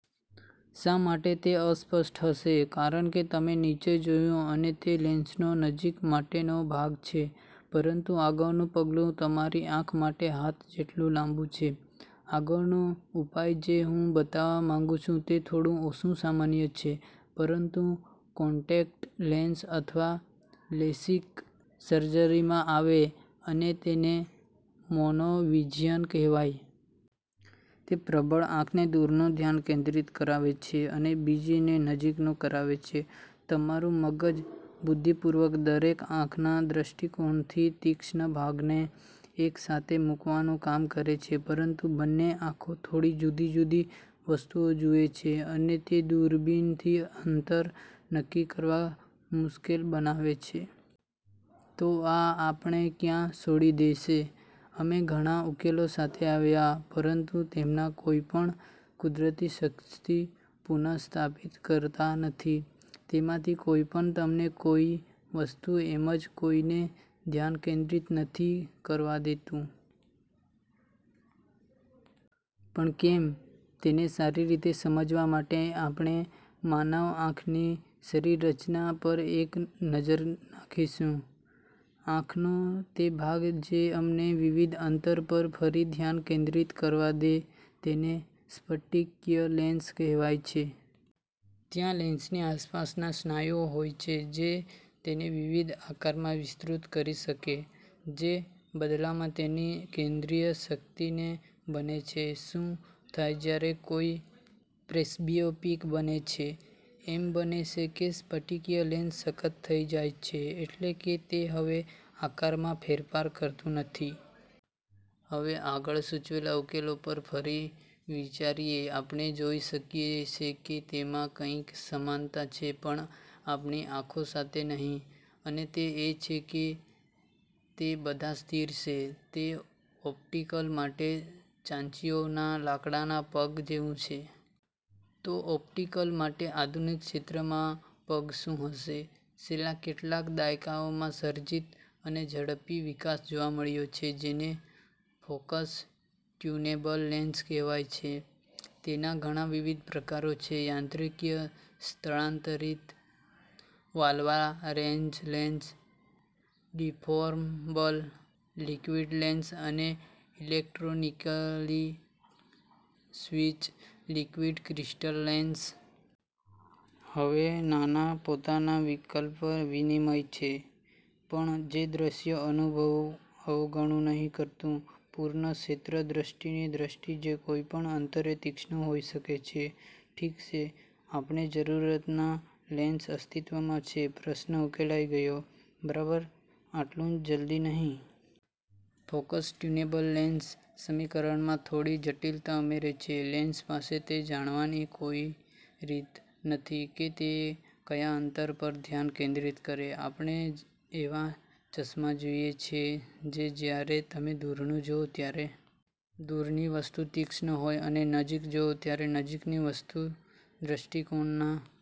શા માટે તે અસ્પષ્ટ હશે? કારણ કે, તમે નીચે જોયું અને તે લેન્સનો નજીક માટેનો ભાગ છે પરંતુ આગળનું પગલું તમારી આંખ માટે હાથ જેટલું લાબું છે. આગળનો ઉપાય જે હું બતાવવા માંગું છું તે થોડું ઓછું સામાન્ય છે પરંતુ કોન્ટેક્ટ લેન્સ અથવા લેસિક સર્જરીમાં આવે, અને એને મોનોવિઝિન કહેવાય છે. તે પ્રબળ આંખ ને દૂર નું ધ્યાન કેન્દ્રિત કરાવે છે અને બીજી ને નજીક નું કરાવે છે. તમારું મગજ બુદ્ધિપૂર્વક દરેક આંખના દૃષ્ટિકોણથી તીક્ષ્ણ ભાગો ને એક સાથે મૂકવાનું કામ કરે છે, પરંતુ બંને આંખો થોડી જુદી જુદી વસ્તુઓ જુએ છે, અને તે દૂરબીનથી અંતર નક્કી કરવા મુશ્કેલ બનાવે છે. તો આ આપણે ક્યાં છોડી દે છે? અમે ઘણા ઉકેલો સાથે આવ્યા પરંતુ તેમાંના કોઈપણ કુદરતી શક્તિ પુનસ્થાપિત કરતા નથી. તેમાંથી કોઈ પણ તમને કોઈ વસ્તુ એમજ જોઈ ને ધ્યાન કેન્દ્રિત નથી કરવા દેતું. પણ કેમ? તેને સારી રીતે સમજવા માટે આપણે માનવ આંખની શરીરરચના પર એક નજર નાખીશું. આંખનો તે ભાગ જે અમને વિવિધ અંતર પર ફરી ધ્યાન કેન્દ્રિત કરવા દે તેને સ્ફટિકીય લેન્સ કહેવાય છે. ત્યાં લેન્સની આસપાસના સ્નાયુઓ હોય છે જે તેને વિવિધ આકારમાં વિકૃત કરી શકે, જે બદલામાં તેની કેન્દ્રિત શક્તિને બને છે. શું થાય જ્યારે કોઈ પ્રેસ્બિયોપિક બને છે? એમ બને છે કે સ્ફટિકીય લેન્સ સખત થઇ જાય છે એટલે કે તે હવે આકારમાં ફેરફાર કરતું નથી. હવે, આગળ સૂચવેલા ઉકેલો પર ફરી વિચારયે આપણે જોઈ શકીએ છે કે તેમાં કંઈક સમાનતા છે પણ આપણી આંખો સાથે નહિ, અને તે એ છે કે તે બધા સ્થિર છે. તે ઓપ્ટિકલ માટે ચાંચિયો ના લાકડા ના પગ જેવું છે. તો ઓપ્ટિકલ માટે આધુનિક કૃત્રિમ પગ શું હશે? છેલ્લા કેટલાક દાયકાઓમાં સર્જિત અને ઝડપી વિકાસ જોવા મળ્યો છે જેને "ફોકસ-ટ્યુનેબલ લેન્સ" કહેવાય છે. તેના ઘણાં વિવિધ પ્રકારો છે. યાંત્રિકી સ્થળાંતરિત Alvarez lens, deformable liquid lens અને electronically switch, liquid crystal lens. હવે આના પોતાના વિકલ્પ-વિનિમય છે, પણ તે દ્રશ્ય। અનુભવ અવગણુ નહિ કરતુ. પૂર્ણ-ક્ષેત્ર-દૃષ્ટિની દૃષ્ટિ જે કોઈપણ અંતરે તીક્ષ્ણ હોઈ શકે છે. ઠીક છે. આપણે જરૂરના લેન્સ અસ્તિત્વમાં છે. પ્રશ્ન ઉકેલાઈ ગયો, બરાબર? આટલું જલ્દી નહિ. ફોકસ-ટ્યુનેબલ લેન્સ સમીકરણમાં થોડી જટિલતા ઉમરે છે. લેન્સ પાસે તે જાણવાની કોઈ રીત નથી કે તેઓ કયા અંતર પર ધ્યાન કેન્દ્રિત કરે. આપણે એવા ચશ્માં જોઈએ છે જે જયારે તમે દૂર જોવું, ત્યારે દૂર ની વસ્તુ તીક્ષ્ણ હોય અને નજીક જોવો, ત્યારે નજીક ની વસ્તુ દૃષ્ટિકોણના